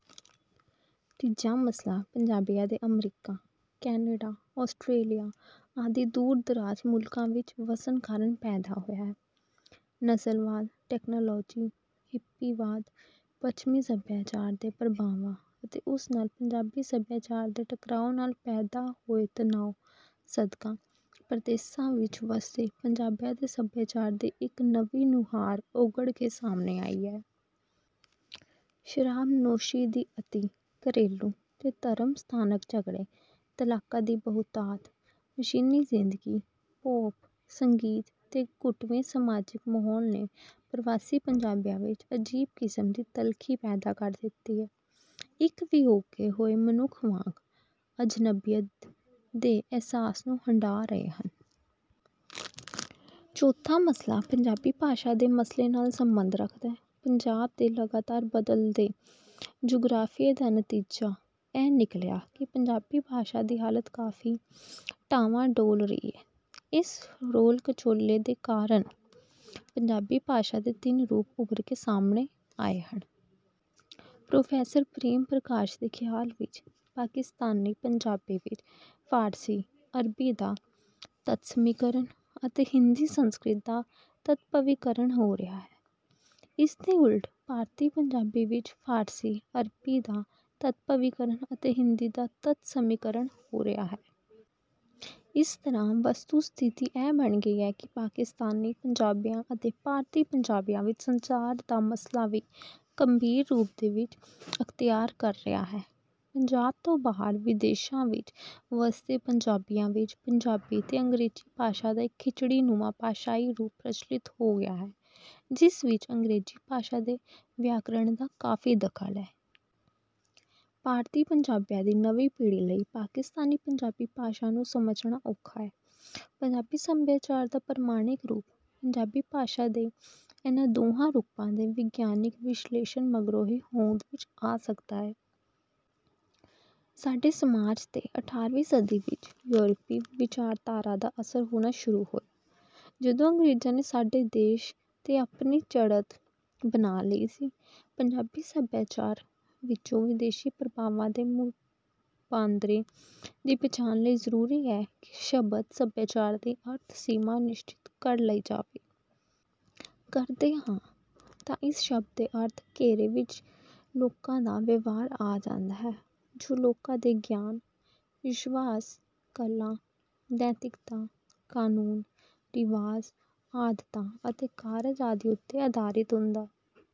ਤੀਜਾ ਮਸਲਾ ਪੰਜਾਬੀਆਂ ਦੇ ਅਮਰੀਕਾ, ਕੈਨੇਡਾ, ਆਸਟ੍ਰੇਲੀਆ ਆਦਿ ਦੂਰ-ਦਰਾਜ ਮੁਲਕਾਂ ਵਿੱਚ ਵਸਣ ਕਾਰਨ ਪੈਦਾ ਹੋਇਆ ਹੈ। ਨਸਲਵਾਦ, ਟੇਕਨਾਲੋਜੀ, ਹਿੱਪੀਵਾਦ, ਪੱਛਮੀ ਸਭਿਆਚਾਰ ਦੇ ਪ੍ਰਭਾਵਾਂ ਅਤੇ ਉਸ ਨਾਲ ਪੰਜਾਬੀ ਸਭਿਆਚਾਰ ਦੇ ਟਕਰਾਓ ਨਾਲ ਪੈਦਾ ਹੋਏ ਤਨਾਓ ਸਦਕਾ ਪ੍ਰਦੇਸਾਂ ਵਿੱਚ ਵਸਦੇ ਪੰਜਾਬੀਆਂ ਦੇ ਸਭਿਆਚਾਰ ਦੀ ਇੱਕ ਨਵੀਂ ਨੁਹਾਰ ਉਘੜ ਕੇ ਸਾਹਮਣੇ ਆਈ ਹੈ। ਸ਼ਰਾਬਨੋਸ਼ੀ ਦੀ ਅਤਿ, ਘਰੇਲੂ ਤੇ ਧਰਮ-ਸਥਾਨਕ ਝਗੜੇ, ਤਲਾਕਾਂ ਦੀ ਬਹੁਤਾਤ, ਮਸ਼ੀਨੀ ਜਿੰਦਗੀ, ਪੌਪ ਸੰਗੀਤ ਤੇ ਘੁਟਵੇਂ ਸਮਾਜਿਕ ਮਾਹੌਲ ਨੇ ਪ੍ਰਵਾਸੀ ਪੰਜਾਬੀਆਂ ਵਿੱਚ ਅਜੀਬ ਕਿਸਮ ਦੀ ਤਲਖੀ ਪੈਦਾ ਕਰ ਦਿੱਤੀ ਹੈ। ਇੱਕ ਵਿਯੋਗੇ ਹੋਏ ਮਨੁੱਖ ਵਾਂਗ ਅਜਨਬੀਅਤ ਦੇ ਅਹਿਸਾਸ ਨੂੰ ਹੰਢਾ ਰਹੇ ਹਨ। ਚੌਥਾ ਮਸਲਾ ਪੰਜਾਬੀ ਭਾਸ਼ਾ ਦੇ ਮਸਲੇ ਨਾਲ ਸਬੰਧ ਰੱਖਦਾ ਹੈ। ਪੰਜਾਬ ਦੇ ਲਗਾਤਾਰ ਬਦਲਦੇ ਜੁਗਰਾਫੀਏ ਦਾ ਨਤੀਜਾ ਇਹ ਨਿਕਲਿਆ ਕਿ ਪੰਜਾਬੀ ਭਾਸ਼ਾ ਦੀ ਹਾਲਤ ਕਾਫੀ ਡਾਂਵਾਂ-ਡੋਲ ਰਹੀ ਹੈ। ਇਸ ਰੋਲ-ਕਚੋਲੇ ਦੇ ਕਾਰਨ ਪੰਜਾਬੀ ਭਾਸ਼ਾ ਦੇ ਤਿੰਨ ਰੂਪ ਉਭਰ ਕੇ ਸਾਹਮਣੇ ਆਏ ਹਨ। ਪ੍ਰੋਫੈਸਰ ਪ੍ਰੇਮ ਪ੍ਰਕਾਸ਼ ਦੇ ਖਿਆਲ ਵਿੱਚ ਪਾਕਿਸਤਾਨੀ-ਪੰਜਾਬੀ ਵਿੱਚ ਫ਼ਾਰਸੀ, ਅਰਬੀ ਦਾ ਤਤਸਮੀਕਰਨ ਅਤੇ ਹਿੰਦੀ-ਸੰਸਕ੍ਰਿਤ ਦਾ ਤਦਭਵੀਕਰਨ ਹੋ ਰਿਹਾ ਹੈ। ਇਸਦੇ ਉਲਟ ਭਾਰਤੀ ਪੰਜਾਬੀ ਵਿੱਚ ਫ਼ਾਰਸੀ-ਅਰਬੀ ਦਾ ਤਦਭਵੀਕਰਨ ਅਤੇ ਹਿੰਦੀ ਦਾ ਤਤਸਮੀਕਰਨ ਹੋ ਰਿਹਾ ਹੈ। ਇਸ ਤਰ੍ਹਾਂ ਵਸਤੁ-ਸਥਿਤੀ ਇਹ ਬਣ ਗਈ ਹੈ ਕਿ ਪਾਕਿਸਤਾਨੀ ਪੰਜਾਬੀਆਂ ਅਤੇ ਭਾਰਤੀ ਪੰਜਾਬੀਆਂ ਵਿੱਚ ਸੰਚਾਰ ਦਾ ਮਸਲਾ ਵੀ ਗੰਭੀਰ ਰੂਪ ਅਖਤਿਆਰ ਕਰ ਗਿਆ ਹੈ। ਪੰਜਾਬ ਤੋਂ ਬਾਹਰ ਵਿਦੇਸ਼ਾਂ ਵਿੱਚ ਵਸਦੇ ਪੰਜਾਬੀਆਂ ਵਿੱਚ ਪੰਜਾਬੀ ਤੇ ਅੰਗ੍ਰੇਜ਼ੀ ਭਾਸ਼ਾ ਦਾ ਇੱਕ ਖਿਚੜੀ-ਨੁਮਾ ਭਾਸ਼ਾਈ ਰੂਪ ਪ੍ਰਚਲਿਤ ਹੋ ਗਿਆ ਹੈ, ਜਿਸ ਵਿੱਚ ਅੰਗ੍ਰੇਜ਼ੀ ਭਾਸ਼ਾ ਦੇ ਵਿਆਕਰਨ ਦਾ ਕਾਫੀ ਦਖਲ ਹੈ। ਭਾਰਤੀ ਪੰਜਾਬੀਆਂ ਦੀ ਨਵੀਂ ਪੀੜ੍ਹੀ ਲਈ ਪਾਕਿਸਤਾਨੀ ਪੰਜਾਬੀ ਭਾਸ਼ਾ ਨੂੰ ਸਮਝਣਾ ਔਖਾ ਹੈ। ਪੰਜਾਬੀ ਸਭਿਆਚਾਰ ਦਾ ਪ੍ਰਮਾਣਿਕ ਰੂਪ ਪੰਜਾਬੀ ਭਾਸ਼ਾ ਦੇ ਇਹਨਾਂ ਦੋਹਾਂ ਰੂਪਾਂ ਦੇ ਵਿਗਿਆਨਕ ਵਿਸ਼ਲੇਸ਼ਣ ਮਗਰੋਂ ਹੀ ਹੋਂਦ ਵਿੱਚ ਆ ਸਕਦਾ। ਸਾਡੇ ਸਮਾਜ ਤੇ ਅਠਾਰ੍ਹਵੀਂ ਸਦੀ ਵਿੱਚ ਯੂਰਪੀ ਵਿਚਾਰਧਾਰਾ ਦਾ ਅਸਰ ਹੋਣਾ ਸ਼ੁਰੂ ਹੋਇਆ, ਜਦੋਂ ਅੰਗਰੇਜ਼ਾਂ ਨੇ ਸਾਡੇ ਦੇਸ਼ ਤੇ ਆਪਣੀ ਚੜ੍ਹਤ ਬਣਾ ਲਈ ਸੀ। ਪੰਜਾਬੀ ਸੱਭਿਆਚਾਰ ਵਿੱਚੋਂ ਵਿਦੇਸ਼ੀ ਪ੍ਰਭਾਵਾਂ ਦੇ ਮੁਬਾਂਦਰੇ ਦੀ ਪਛਾਣ ਲਈ ਜ਼ਰੂਰੀ ਹੈ ਕਿ ਸ਼ਬਦ 'ਸੱਭਿਆਚਾਰ' ਦੀ ਅਰਥ-ਸੀਮਾ ਨਿਸ਼ਚਿਤ ਕਰ ਲਈ ਜਾਵੇ। ਕਰਦੇ ਹਾਂ, ਤਾਂ ਇਸ ਸ਼ਬਦ ਦੇ ਅਰਥ-ਘੇਰੇ ਵਿੱਚ ਲੋਕਾਂ ਦਾ ਵਿਵਹਾਰ ਆ ਜਾਂਦਾ ਹੈ, ਜੋ ਲੋਕਾਂ ਦੇ ਗਿਆਨ, ਵਿਸ਼ਵਾਸ, ਕਲਾ, ਨੈਤਿਕਤਾ, ਕਾਨੂੰਨ, ਰਿਵਾਜ਼, ਆਦਤਾਂ, ਅਤੇ ਕਾਰਜ ਆਦਿ ਉੱਤੇ ਆਧਾਰਿਤ ਹੁੰਦਾ